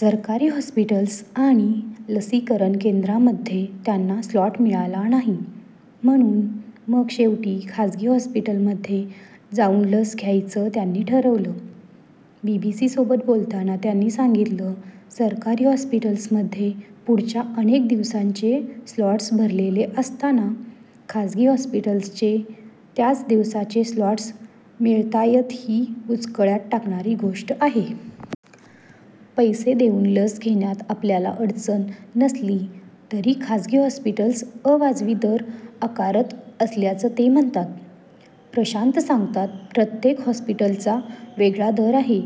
सरकारी हॉस्पिटल्स आणि लसीकरण केंद्रांमध्ये त्यांना स्लॉट मिळाला नाही. म्हणून मग शेवटी खासगी हॉस्पिटलमध्ये जाऊन लस घ्यायचं त्यांनी ठरवलं. बीबीसीसोबत बोलताना त्यांनी सांगितलं, सरकारी हॉस्पिटल्समध्ये पुढच्या अनेक दिवसांचे स्लॉट्स भरलेले असताना खासगी हॉस्पिटल्सचे त्याच दिवसाचे स्लॉट्स मिळतायतही बुचकळ्यात टाकणारी गोष्ट आहे. पैसे देऊन लस घेण्यात आपल्याला अडचण नसली तरी खासगी हॉस्पिटल्स अवाजवी दर आकारत असल्याचं ते म्हणतात. प्रशांत सांगतात, प्रत्येक हॉस्पिटलचा वेगळा दर आहे.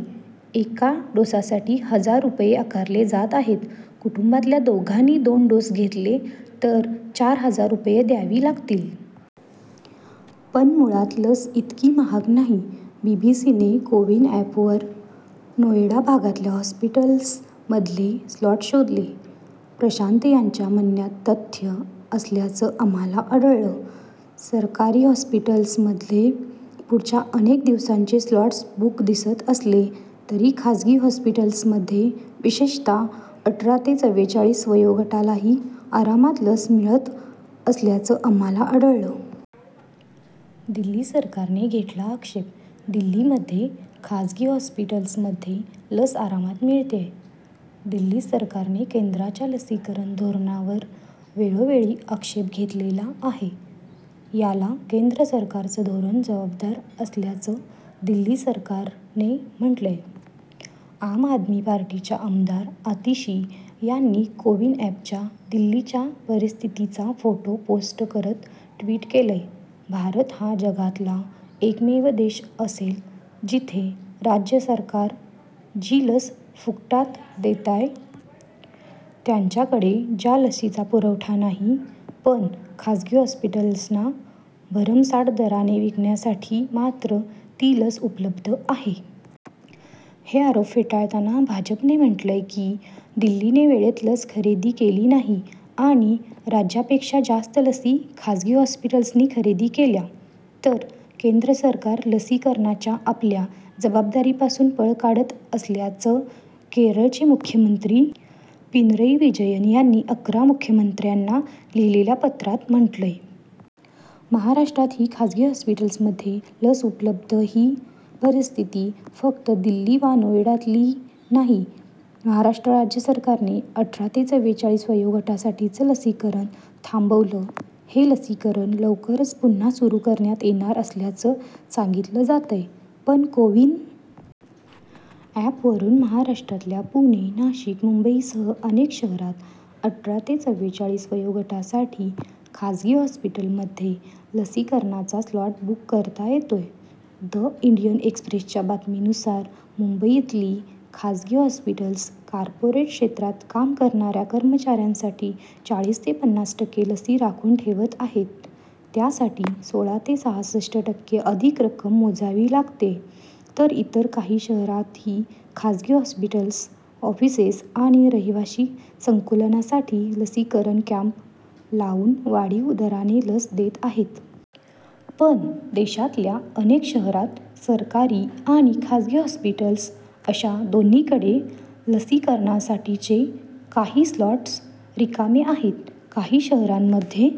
एका डोससाठी हजार रुपये आकारले जात आहेत. कुटुंबातल्या दोघांनी दोन डोस घेतले तर चार हजार रुपये द्यावी लागतील. पण मुळात लस इतकी महाग नाही. बीबीसीने कोविन अँपवर नोएडा भागातल्या हॉस्पिटल्समधले स्लॉट्स शोधले. प्रशांत यांच्या म्हणण्यात तथ्य असल्याचं आम्हाला आढळलं. सरकारी हॉस्पिटल्समधले पुढच्या अनेक दिवसांचे स्लॉट्स बुक दिसत असले तरी खासगी हॉस्पिटल्समध्ये विशेषतः अठरा ते चव्वेचाळीस वयोगटालाही आरामात लस मिळत असल्याचं आम्हाला आढळलं. दिल्ली सरकारने घेतला आक्षेप दिल्लीमध्ये खासगी हॉस्पिटल्समध्ये लस आरामात मिळतेय. दिल्ली सरकारने केंद्राच्या लसीकरण धोरणांवर वेळोवेळी आक्षेप घेतलेला आहे. याला केंद्र सरकारचं धोरण जबाबदार असल्याचं दिल्ली सरकारने म्हटलंय. आम आदमी पार्टीच्या आमदार आतिशी यांनी कोविन अँपच्या दिल्लीच्या परिस्थितीचा फोटो पोस्ट करत ट्वीट केलंय, भारत हा जगातला एकमेव देश असेल जिथे राज्य सरकारं जी लस फुकटात देतायत, त्यांच्याकडे ज्या लशीचा पुरवठा नाही पण खासगी हॉस्पिटल्सना भरमसाठ दराने विकण्यासाठी मात्र ती लस उपलब्ध आहे. हे आरोप फेटाळताना भाजपने म्हटलंय की दिल्लीने वेळेत लस खरेदी केली नाही आणि राज्यापेक्षा जास्त लशी खासगी हॉस्पिटल्सनी खरेदी केल्या. तर केंद्र सरकार लसीकरणाच्या आपल्या जबाबदारीपासून पळ काढत असल्याचं केरळचे मुख्यमंत्री पिनरई विजयन यांनी अकरा मुख्यमंत्र्यांना लिहिलेल्या पत्रात म्हटलंय. महाराष्ट्रातही खासगी हॉस्पिटल्समध्ये लस उपलब्ध ही परिस्थिती फक्त दिल्ली वा नोएडातली नाही. महाराष्ट्रात राज्य सरकारने अठरा ते चव्वेचाळीस वयोगटासाठीचं लसीकरण थांबवलं हे लसीकरण लवकरच पुन्हा सुरू करण्यात येणार असल्याचं सांगितलं जातंय. पण कोविन अँपवरून महाराष्ट्रातल्या पुणे, नाशिक, मुंबईसह अनेक शहरांत अठरा ते चव्वेचाळीस वयोगटासाठी खासगी हॉस्पिटलमध्ये लसीकरणाचा स्लॉट बुक करता येतोय द इंडियन एक्स्प्रेसच्या बातमीनुसार मुंबईतली खासगी हॉस्पिटल्स कॉर्पोरेट क्षेत्रात काम करणाऱ्या कर्मचाऱ्यांसाठी चाळीस ते पन्नास टक्के लसी राखून ठेवत आहेत त्यासाठी सोळा ते सहासष्ट टक्के अधिक रक्कम मोजावी लागतेय तर इतर काही शहरांतही खासगी हॉस्पिटल्स ऑफिसेस आणि रहिवासी संकुलांसाठी लसीकरण कॅम्प लावून वाढीव दराने लस देत आहेत. पण देशातल्या अनेक शहरांत सरकारी आणि खासगी हॉस्पिटल्स अशा दोन्हीकडे लसीकरणासाठीचे काही स्लॉट्स रिकामे आहेत. काही शहरांमध्ये